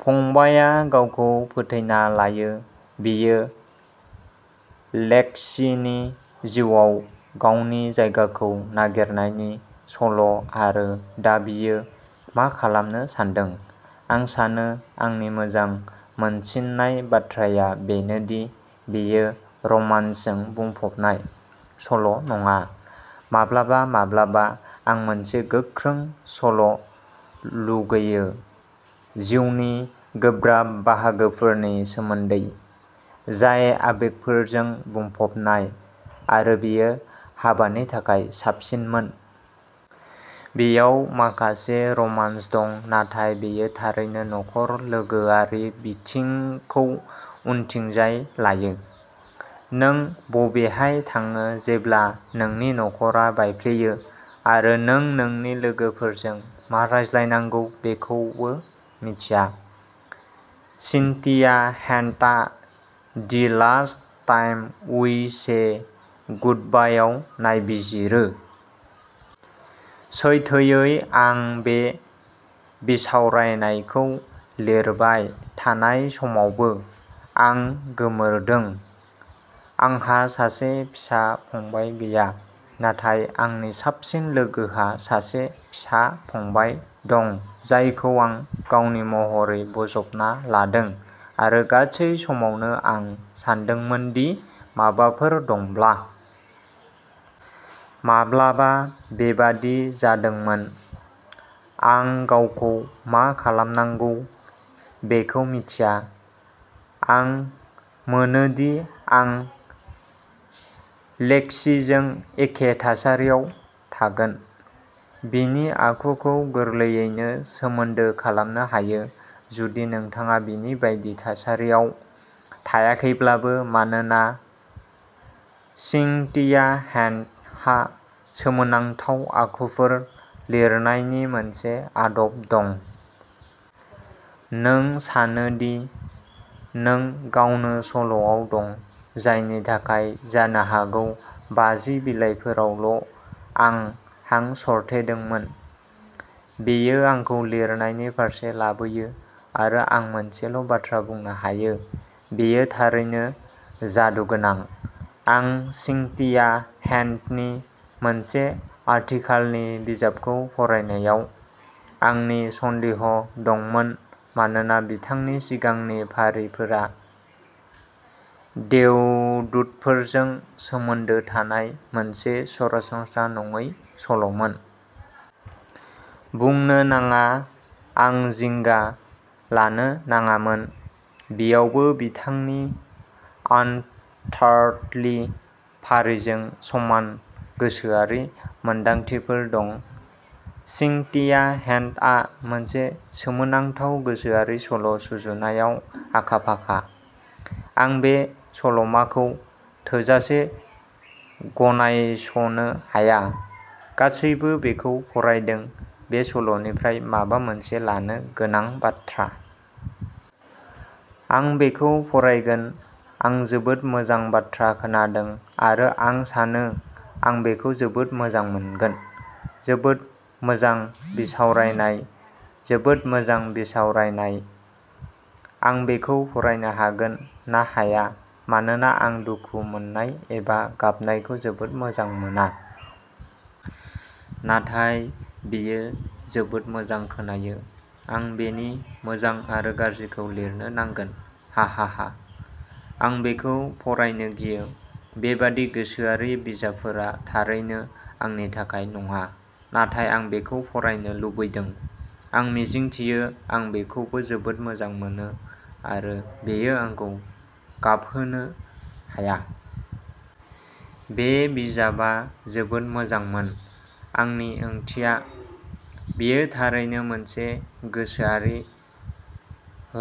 फंबायआ गावखौ फोथैना लायो। बेयो लेक्सीनि जिउआव गावनि जायगाखौ नागिरनायनि सल'आरो दा बियो मा खालामनो सानदों। आं सानो आंनि मोजां मोनसिननाय बाथ्राया बेनो दि बेयो रमान्सजों बुंफबनाय सल'नङा। माब्लाबा माब्लाबा आं मोनसे गोख्रों सल'लुगैयो जिउनि गोब्राब बाहागोफोरनि सोमोन्दै जाय आबेगफोरजों बुंफबनाय, आरो बेयो हाबानि थाखाय साबसिनमोन। बेयाव माखासे रमान्स दं नाथाय बेयो थारैनो नखर लोगोआरि बिथिंखौ उनथिंजाय लायो। नों बबेहाय थाङो जेब्ला नोंनि नखरा बायफ्लेयो आरो नों नोंनि लोगोफोरजों मा रायज्लायनांगौ बेखौबो मिथिया? सिन्थिया हेन्डआ the last time we said गुडबायआव नायबिजिरो। सैथोयै, आं बे बिसावरायनायखौ लिरबाय थानाय समावबो आं गोमोरदों। आंहा सासे फिसा फंबाय गैया, नाथाय आंनि साबसिन लोगोहा सासे फिसा फंबाय दं जायखौ आं गावनि महरै बोजबना लादों आरो गासै समावनो आं सानदोंमोन दि माबाफोर दंब्ला। माब्लाबा बेबायदि जादोंमोन आं गावखौ मा खालामनांगौ बेखौ मिन्थिया। आं मोनोदि आं लेक्सिजों एखे थासारियाव थागोन। बिनि आखुखौ गोरलैयैनो सोमोन्दो खालामनो हायो, जुदि नोंथाङा बिनि बायदि थासारियाव थायाखैब्लाबो मानोना सिंथिया हेन्डहा सोमोनांथाव आखुफोर लिरनायनि मोनसे आदब दं। नों सानो दि नों गावनो सल'आव दं, जायनि थाखाय जानो हागौ बाजि बिलाइफोरावल'आं हां सरथेदोंमोन। बेयो आंखौ लिरनायनि फारसे लाबोयो, आरो आं मोनसेल'बाथ्रा बुंनो हायो। बेयो थारैनो जादुगोनां। आं सिंथिया हेन्डनि मोनसे आथिखालनि बिजाबखौ फरायनायाव आंनि सन्देह दंमोन मानोना बिथांनि सिगांनि फारिफोरा देवदुतफोरजों सोमोन्दो थानाय मोनसे सरासनस्रा नङै सल'मोन। बुंनो नाङा, आं जिंगा लानो नाङामोन। बेयावबो बिथांनि आनआर्थलि फारिजों समान गोसोआरि मोनदांथिफोर दं। सिंथिया हेन्डआ मोनसे सोमोनांथाव गोसोआरि सल'सुजुनायाव आखा-फाखा। आं बे सल'माखौ थोजासे गनायस'नो हाया। गासैबो बेखौ फरायदों। बे सल'निफ्राय माबा मोनसे लानो गोनां बाथ्रा। आं बेखौ फरायगोन, आं जोबोद मोजां बाथ्रा खोनादों आरो आं सानो आं बेखौ जोबोद मोजां मोनगोन जोबोद मोजां बिसावरायनाय जोबोद मोजां बिसावरायनाय आं बेखौ फरायनो हागोन ना हाया, मानोना आं दुखु मोननाय एबा गाबनायखौ जोबोद मोजां मोना। नाथाय बेयो जोबोद मोजां खोनायो। आं बेनि मोजां आरो गाज्रिखौ लिरनो नांगोन, हाहाहा। आं बेखौ फरायनो गियो। बेबादि गोसोआरि बिजाबफोरा थारैनो आंनि थाखाय नङा। नाथाय आं बेखौ फरायनो लुबैदों। आं मिजिंथियो आं बेखौबो जोबोद मोजां मोनो आरो बेयो आंखौ गाबहोनो हाया। बे बिजाबआ जोबोद मोजांमोन। आंनि ओंथिया बेयो थारैनो मोनसे गोसोआरि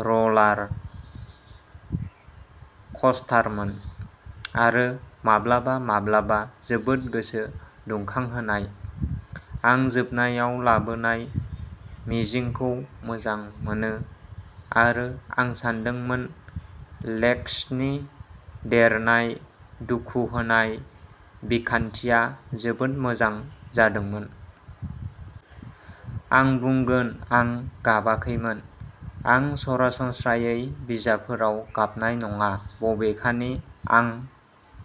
रलार कस्टारमोन। आरो माब्लाबा माब्लाबा जोबोद गोसो दुंखांहोनाय। आं जोबनायाव लाबोनाय मिजिंखौ मोजां मोनो। आरो आं सानदोंमोन लेक्सनि देरनाय दुखु होनाय बिखान्थिया जोबोद मोजां जादोंमोन। आं बुंगोन आं गाबाखैमोन। आं सरासनस्रायै बिजाबफोराव गाबनाय नङा बबेखानि आं --